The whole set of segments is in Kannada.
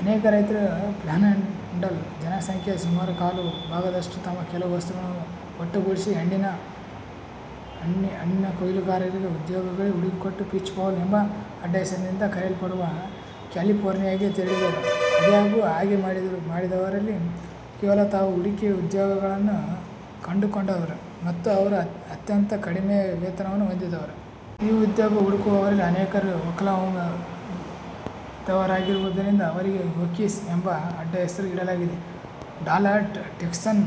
ಅನೇಕ ರೈತರು, ಪ್ಯಾನ್ಹ್ಯಾಂಡಲ್ ಜನಸಂಖ್ಯೆಯ ಸುಮಾರು ಕಾಲು ಭಾಗದಷ್ಟು, ತಮ್ಮ ಕೆಲವು ವಸ್ತುಗಳನ್ನು ಒಟ್ಟುಗೂಡಿಸಿ, ಹಣ್ಣಿನ ಕೊಯ್ಲುಗಾರರಾಗಿ ಉದ್ಯೋಗಗಳನ್ನು ಹುಡುಕಿಕೊಂಡು "ಪೀಚ್ ಬೌಲ್" ಎಂಬ ಅಡ್ಡಹೆಸರಿನಿಂದ ಕರೆಯಲ್ಪಡುವ ಕ್ಯಾಲಿಫೋರ್ನಿಯಾಗೆ ತೆರಳಿದರು. ಆದಾಗ್ಯೂ, ಹಾಗೆ ಮಾಡಿದವರಲ್ಲಿ, ಕೆಲವರು ತಾವು ಹುಡುಕಿದ ಉದ್ಯೋಗಗಳನ್ನು ಕಂಡುಕೊಂಡರು, ಮತ್ತು ಅವರು ಅತ್ಯಂತ ಕಡಿಮೆ ವೇತನವನ್ನು ಹೊಂದಿದ್ದರು. ಈ ಉದ್ಯೋಗ ಹುಡುಕುವವರಲ್ಲಿ ಅನೇಕರು ಒಕ್ಲಹೋಮಾದವರಾಗಿರುವುದರಿಂದ ಅವರಿಗೆ "ಓಕೀಸ್" ಎಂಬ ಅಡ್ಡಹೆಸರು ಇಡಲಾಗಿತ್ತು. ಡಾಲ್ಹಾರ್ಟ್ ಟೆಕ್ಸಾನ್ನ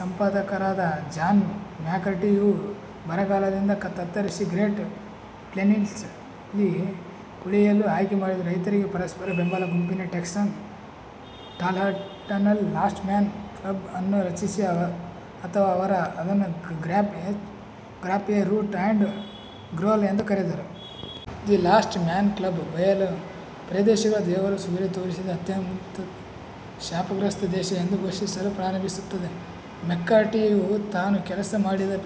ಸಂಪಾದಕರಾದ ಜಾನ್ ಮ್ಯಾಕ್ಕಾರ್ಟಿಯು, ಬರಗಾಲದಿಂದ ತತ್ತರಿಸಿದ ಗ್ರೇಟ್ ಪ್ಲೇನ್ಸ್ನಲ್ಲಿ ಉಳಿಯಲು ಆಯ್ಕೆ ಮಾಡಿದ ರೈತರಿಗೆ ಪರಸ್ಪರ ಬೆಂಬಲ ಗುಂಪಾಗಿ ಟೆಕ್ಸಾಸ್ನ ಡಾಲ್ಹಾರ್ಟ್ನಲ್ಲಿ ಲಾಸ್ಟ್ ಮ್ಯಾನ್ ಕ್ಲಬ್ ಅನ್ನು ರಚಿಸಿದರು ಅಥವಾ ಅವರು ಅದನ್ನು "grab a root and growl" ಎಂದು ಕರೆದರು. ದಿ ಲಾಸ್ಟ್ ಮ್ಯಾನ್ ಕ್ಲಬ್ ಬಯಲು ಪ್ರದೇಶಗಳು "ದೇವರ ಸೂರ್ಯ ತೋರಿಸಿದ ಅತ್ಯುತ್ತಮ ಶಾಪಗ್ರಸ್ತ ದೇಶ" ಎಂದು ಘೋಷಿಸಲು ಪ್ರಾರಂಭಿಸುತ್ತದೆ, ಮೆಕ್ಕಾರ್ಟಿಯು ತಾನು ಕೆಲಸ ಮಾಡಿದ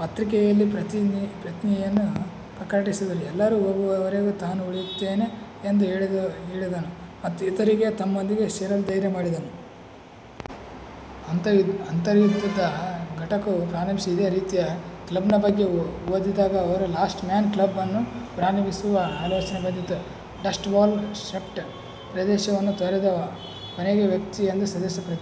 ಪತ್ರಿಕೆಯಲ್ಲಿ ಪ್ರತಿಜ್ಞೆಯನ್ನು ಪ್ರಕಟಿಸಿದನು, ಎಲ್ಲರೂ ಹೋಗುವವರೆಗೂ ತಾನು ಉಳಿಯುತ್ತೇನೆ ಎಂದು ಹೇಳಿದನು ಮತ್ತು ಇತರರಿಗೆ ತನ್ನೊಂದಿಗೆ ಸೇರಲು ಧೈರ್ಯ ಮಾಡಿದನು. ಅಂತರ್ಯುದ್ಧದ ಘಟಕವು ಪ್ರಾರಂಭಿಸಿದ ಇದೇ ರೀತಿಯ ಕ್ಲಬ್ನ ಬಗ್ಗೆ ಓದಿದಾಗ ಅವರಿಗೆ ಲಾಸ್ಟ್ ಮ್ಯಾನ್ ಕ್ಲಬ್ ಅನ್ನು ಪ್ರಾರಂಭಿಸುವ ಆಲೋಚನೆ ಬಂದಿತು. ಡಸ್ಟ್-ಬೌಲ್-ಸ್ವೆಪ್ಟ್ ಪ್ರದೇಶವನ್ನು ತೊರೆದ ಕೊನೆಯ ವ್ಯಕ್ತಿ ಎಂದು ಸದಸ್ಯರು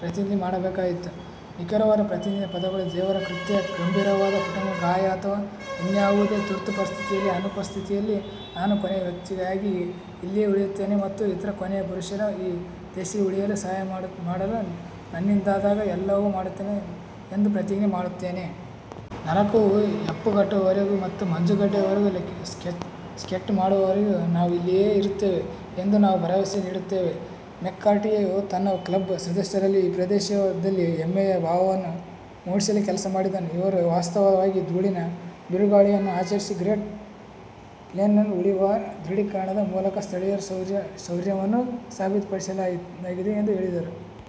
ಪ್ರತಿಜ್ಞೆ ಮಾಡಬೇಕಾಗಿತ್ತು. ನಿಖರವಾದ ಪ್ರತಿಜ್ಞೆಯ ಪದಗಳು "ದೇವರ ಕೃತ್ಯ, ಗಂಭೀರವಾದ ಕುಟುಂಬದ ಗಾಯ ಅಥವಾ ಇನ್ನಾವುದೇ ತುರ್ತು ಪರಿಸ್ಥಿತಿಯ ಅನುಪಸ್ಥಿತಿಯಲ್ಲಿ, ನಾನು ಕೊನೆಯ ವ್ಯಕ್ತಿಯಾಗಿ ಇಲ್ಲಿಯೇ ಉಳಿಯುತ್ತೇನೆ ಮತ್ತು ಇತರ ಕೊನೆಯ ಪುರುಷರು ಈ ದೇಶದಲ್ಲಿ ಉಳಿಯಲು ಸಹಾಯ ಮಾಡಲು ನನ್ನಿಂದಾದ ಎಲ್ಲವನ್ನೂ ಮಾಡುತ್ತೇನೆ ಎಂದು ಪ್ರತಿಜ್ಞೆ ಮಾಡುತ್ತೇನೆ. ನರಕವು ಹೆಪ್ಪುಗಟ್ಟುವವರೆಗೆ ಮತ್ತು ಮಂಜುಗಡ್ಡೆಯ ಮೇಲೆ ಸ್ಕೇಟ್ ಮಾಡುವವರೆಗೆ ನಾವು ಇಲ್ಲಿಯೇ ಇರುತ್ತೇವೆ ಎಂದು ನಾವು ಭರವಸೆ ನೀಡುತ್ತೇವೆ. ಮೆಕ್ಕಾರ್ಟಿಯು ತನ್ನ ಕ್ಲಬ್ನ ಸದಸ್ಯರಲ್ಲಿ ಈ ಪ್ರದೇಶದಲ್ಲಿ ಹೆಮ್ಮೆಯ ಭಾವವನ್ನು ಮೂಡಿಸಲು ಕೆಲಸ ಮಾಡಿದನು. ಅವರು ವಾಸ್ತವವಾಗಿ ಧೂಳಿನ ಬಿರುಗಾಳಿಗಳನ್ನು ಆಚರಿಸಿದರು, ಗ್ರೇಟ್ ಪ್ಲೇನ್ಸ್ನಲ್ಲಿ ಉಳಿಯುವ ದೃಢೀಕರಣದ ಮೂಲಕ ಸ್ಥಳೀಯರ ಶೌರ್ಯವನ್ನು ಸಾಬೀತುಪಡಿಸಲಾಗಿದೆ ಎಂದು ಹೇಳಿದರು.